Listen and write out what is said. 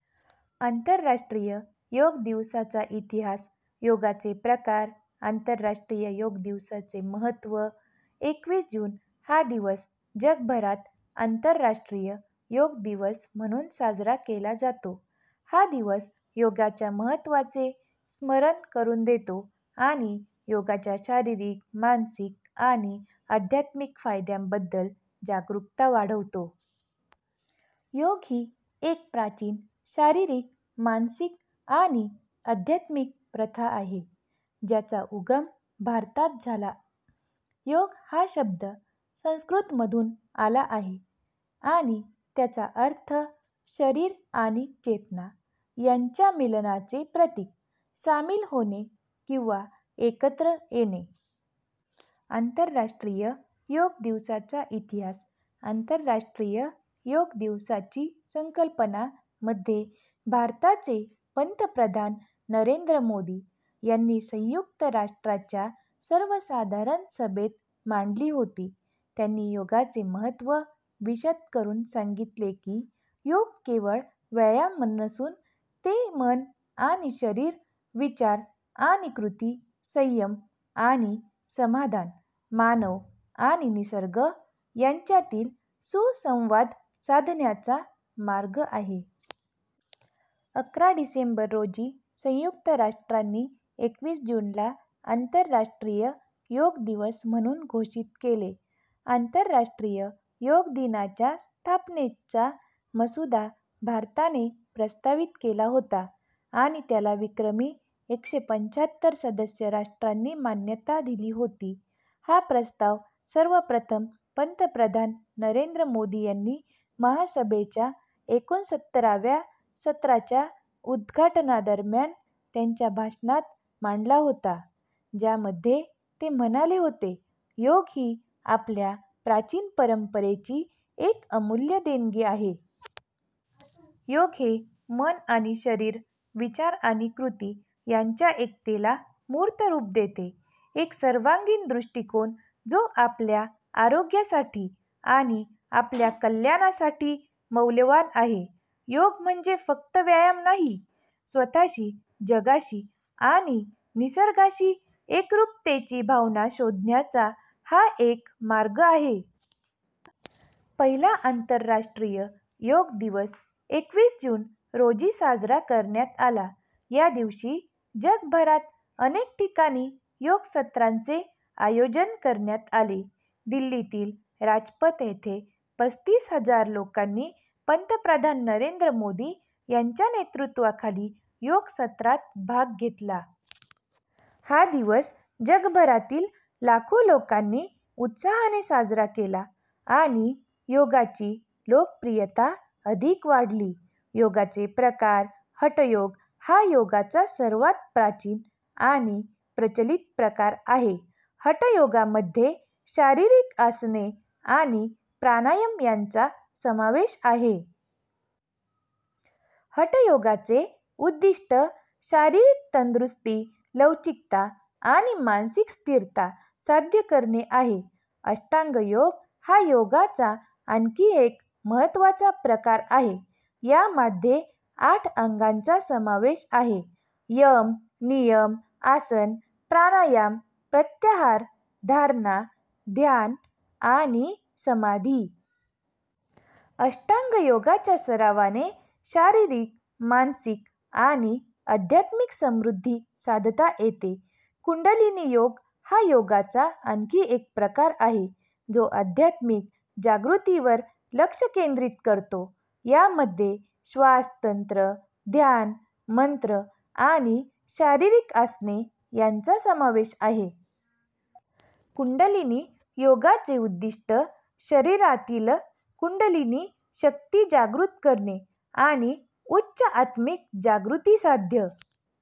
आंतरराष्ट्रीय योग दिवसाचा इतिहास, योगाचे प्रकार, आंतरराष्ट्रीय योग दिवसाचे महत्त्व. एकवीस जून हा दिवस जगभरात आंतरराष्ट्रीय योग दिवस म्हणून साजरा केला जातो. हा दिवस योगाच्या महत्त्वाचे स्मरण करून देतो आणि योगाच्या शारीरिक, मानसिक आणि आध्यात्मिक फायद्यांबद्दल जागरूकता वाढवतो. योग ही एक प्राचीन शारीरिक, मानसिक आणि आध्यात्मिक प्रथा आहे, ज्याचा उगम भारतात झाला. योग हा शब्द संस्कृतमधून आला आहे आणि त्याचा अर्थ शरीर आणि चेतना यांच्या मिलनाचे प्रतीक, सामील होणे किंवा एकत्र येणे. आंतरराष्ट्रीय योग दिवसाचा इतिहास. आंतरराष्ट्रीय योग दिवसाची संकल्पना मध्ये भारताचे पंतप्रधान नरेंद्र मोदी यांनी संयुक्त राष्ट्रांच्या सर्वसाधारण सभेत मांडली होती. त्यांनी योगाचे महत्त्व विशद करून सांगितले की, योग केवळ व्यायाम नसून, ते मन आणि शरीर, विचार आणि कृती, संयम आणि समाधान, मानव आणि निसर्ग यांच्यातील सुसंवाद साधण्याचा मार्ग आहे. अकरा डिसेंबर रोजी संयुक्त राष्ट्रांनी एकवीस जूनला आंतरराष्ट्रीय योग दिवस म्हणून घोषित केले. आंतरराष्ट्रीय योग दिनाच्या स्थापनेचा मसुदा भारताने प्रस्तावित केला होता आणि त्याला विक्रमी एकशे पंच्याहत्तर सदस्य राष्ट्रांनी मान्यता दिली होती. हा प्रस्ताव सर्वप्रथम पंतप्रधान नरेंद्र मोदी यांनी महासभेच्या एकोणसत्तराव्या सत्राच्या उद्घाटनादरम्यान त्यांच्या भाषणात मांडला होता, ज्यामध्ये ते म्हणाले होते, योग ही आपल्या प्राचीन परंपरेची एक अमूल्य देणगी आहे. योग हे मन आणि शरीर, विचार आणि कृती यांच्या एकतेला मूर्त रूप देते, एक सर्वांगीण दृष्टीकोन जो आपल्या आरोग्यासाठी आणि आपल्या कल्याणासाठी मौल्यवान आहे. योग म्हणजे फक्त व्यायाम नाही, स्वतःशी, जगाशी आणि निसर्गाशी एकरूपतेची भावना शोधण्याचा हा एक मार्ग आहे. पहिला आंतरराष्ट्रीय योग दिवस एकवीस जून रोजी साजरा करण्यात आला. या दिवशी जगभरात अनेक ठिकाणी योग सत्रांचे आयोजन करण्यात आले. दिल्लीतील राजपथ येथे पस्तीस हजार लोकांनी पंतप्रधान नरेंद्र मोदी यांच्या नेतृत्वाखाली योग सत्रात भाग घेतला. हा दिवस जगभरातील लाखो लोकांनी उत्साहाने साजरा केला आणि योगाची लोकप्रियता अधिक वाढली. योगाचे प्रकार. हठ योग हा योगाचा सर्वात प्राचीन आणि प्रचलित प्रकार आहे. हठ योगामध्ये शारीरिक आसने आणि प्राणायाम यांचा समावेश आहे. हठ योगाचे उद्दिष्ट शारीरिक तंदुरुस्ती, लवचिकता आणि मानसिक स्थिरता साध्य करणे आहे. अष्टांग योग हा योगाचा आणखी एक महत्त्वाचा प्रकार आहे. यामध्ये आठ अंगांचा समावेश आहे, यम, नियम, आसन, प्राणायाम, प्रत्याहार, धारणा, ध्यान आणि समाधी. अष्टांग योगाच्या सरावाने शारीरिक, मानसिक आणि आध्यात्मिक समृद्धी साधता येते. कुंडलिनी योग हा योगाचा आणखी एक प्रकार आहे, जो आध्यात्मिक जागृतीवर लक्ष केंद्रित करतो. यामध्ये श्वास तंत्र, ध्यान, मंत्र आणि शारीरिक आसने यांचा समावेश आहे. कुंडलिनी योगाचे उद्दिष्ट शरीरातील कुंडलिनी शक्ती जागृत करणे आणि उच्च आत्मिक जागृती साध्य